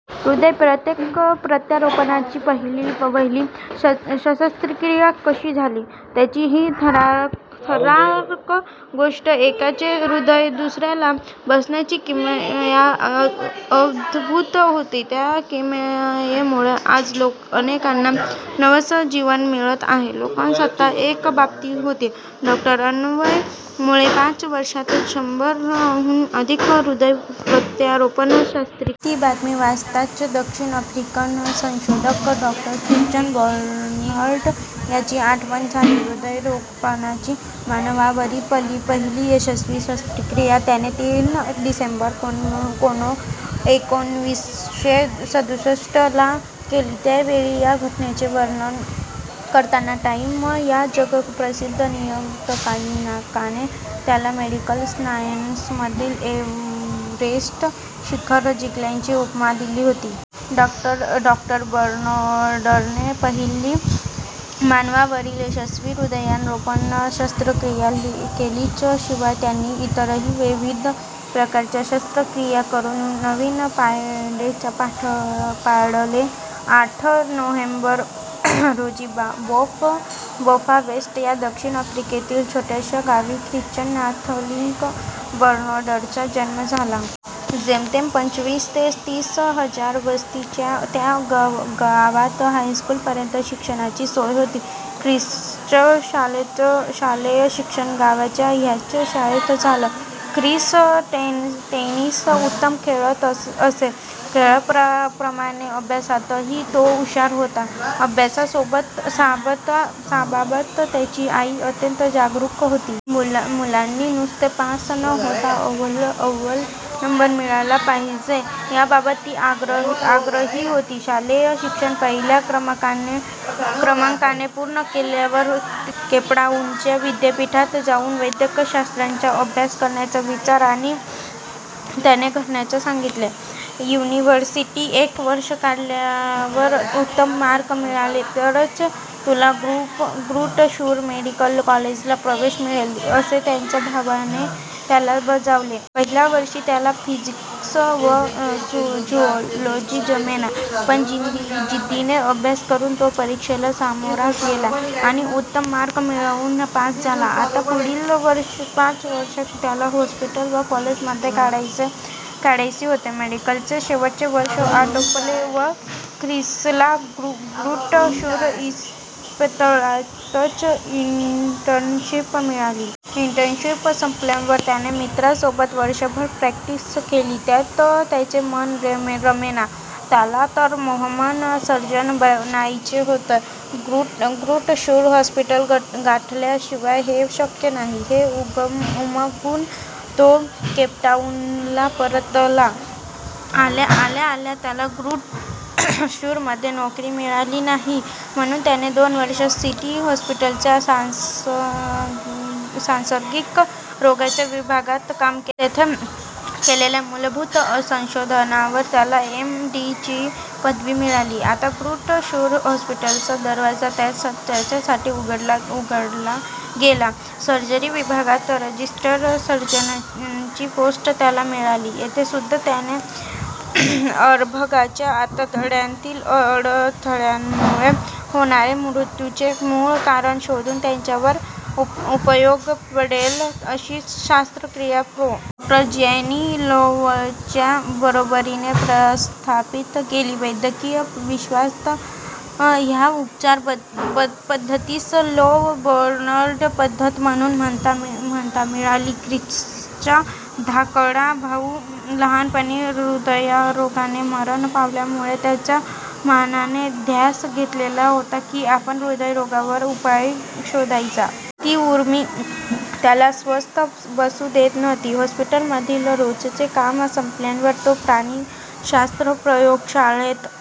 हृदय प्रत्यारोपणाची पहिलीवहिली शस्त्रक्रिया कशी झाली, त्याची ही थरारक गोष्ट! एकाचे हृदय दुसऱ्याला बसवण्याची किमया अद्भुत होती. त्या किमयेमुळे आज अनेकांना नवसंजीवन मिळत आहे! लोकसत्तात एक बातमी होती. डॉ. अन्वय मुळे पाच वर्षांत शंभराहून अधिक हृदय प्रत्यारोपण शस्त्रक्रिया! ती बातमी वाचताच दक्षिण आफ्रिकन संशोधक डॉ ख्रिश्चन बर्नार्ड याची आठवण झाली. हृदयरोपणाची मानवावरील पहिली यशस्वी शस्त्रक्रिया त्याने तीन डिसेंबर एकोणीसशे सदुसष्ट ला केली. त्या वेळी या घटनेचे वर्णन करताना टाइम या जगप्रसिद्ध नियतकालिकाने त्याला मेडिकल सायन्समधील एव्हरेस्ट शिखर जिंकल्याची उपमा दिली होती. डॉ. बर्नार्डने पहिली मानवावरील यशस्वी हृदयारोपण शस्त्रक्रिया केलीच, शिवाय त्यांनी इतरही विविध प्रकारच्या शस्त्रक्रिया करून नवीन पायंडे पाडले. आठ नोव्हेंबर रोजी बोफां वेस्ट या दक्षिण आफ्रिकेतील छोट्याशा गावी ख्रिश्चन नाथलिंग बर्नार्डचा जन्म झाला. जेमतेम पंचवीस ते तीस हजार वस्तीच्या त्या गावात हायस्कूलपर्यंत शिक्षणाची सोय होती. ख्रिसचं शालेय शिक्षण गावच्या ह्याच शाळेत झालं. ख्रिस टेनिस उत्तम खेळत असे. खेळाप्रमाणे अभ्यासातही तो हुशार होता. अभ्यासाबाबत त्याची आई अत्यंत जागरूक होती. मुलांनी नुसते पास न होता अव्वल नंबर मिळवला पाहिजे, याबाबत ती आग्रही होती. शालेय शिक्षण पहिल्या क्रमांकाने पूर्ण केल्यावर केपटाऊनच्या विद्यापीठात जाऊन वैद्यकशास्त्राचा अभ्यास करण्याचा विचार त्याने घरच्यांना सांगितला. युनिव्हर्सिटीत एक वर्ष काढल्यावर, उत्तम मार्क मिळाले तरच तुला ग्रुट शूर मेडिकल कॉलेजला प्रवेश मिळेल, असे त्याच्या भावाने त्याला बजावले. पहिल्या वर्षी त्याला फिजिक्स व झूऑलॉजी जमेना. पण जिद्दीने अभ्यास करून तो परीक्षेला सामोरा गेला आणि उत्तम मार्क मिळवून पास झाला. आता पुढील पाच वर्षं त्याला हॉस्पिटल व कॉलेजमध्येच काढायची होती. मेडिकलचे शेवटचे वर्ष आटोपले व ख्रिसला ग्रुट शूर इस्पितळातच इन्टर्नशिप मिळाली. इन्टर्नशिप संपल्यावर त्याने मित्रासोबत वर्षभर प्रॅक्टिस केली. त्यात त्याचे मन रमेना. त्याला तर मनोमन सर्जन बनायचे होते. ग्रुट शूर हॉस्पिटल गाठल्याशिवाय हे शक्य नाही, हे उमगून तो केपटाऊनला परतला. आल्या आल्या त्याला ग्रुट शूर मध्ये नोकरी मिळाली नाही, म्हणून त्याने दोन वर्षं सिटी हॉस्पिटलच्या सांसर्गिक रोगांच्या विभागात काम केले. तेथे केलेल्या मूलभूत संशोधनावर त्याला एम्. डी. ची पदवी मिळाली. आता ग्रुट शूर हॉस्पिटलचा दरवाजा त्याच्यासाठी उघडला गेला. सर्जरी विभागात रजिस्ट्रार सर्जनची पोस्ट त्याला मिळाली. येथे सुद्धा त्याने अर्भकांच्या आतड्यांतील अडथळ्यांमुळे होणारे मृत्यूचे मूळ कारण शोधून त्यावर उपयोगी पडेल अशी शस्त्रक्रिया प्रो. डॉ. जॅनी लॉवच्या बरोबरीने प्रस्थापित केली. वैद्यकीय विश्वात ह्या उपचार पद्धतीस लॉव बर्नार्ड पद्धत म्हणून मान्यता मिळाली. ख्रिसचा धाकटा भाऊ लहानपणी हृदयरोगाने मरण पावल्यापासून त्याच्या मनाने ध्यास घेतलेला होता की, आपण हृदयरोगावर उपाय शोधायचा. ती ऊर्मी त्याला स्वस्थ बसू देत नव्हती. हॉस्पिटलमधील रोजचे काम संपल्यावर तो प्राणिशास्त्र प्रयोगशाळेत,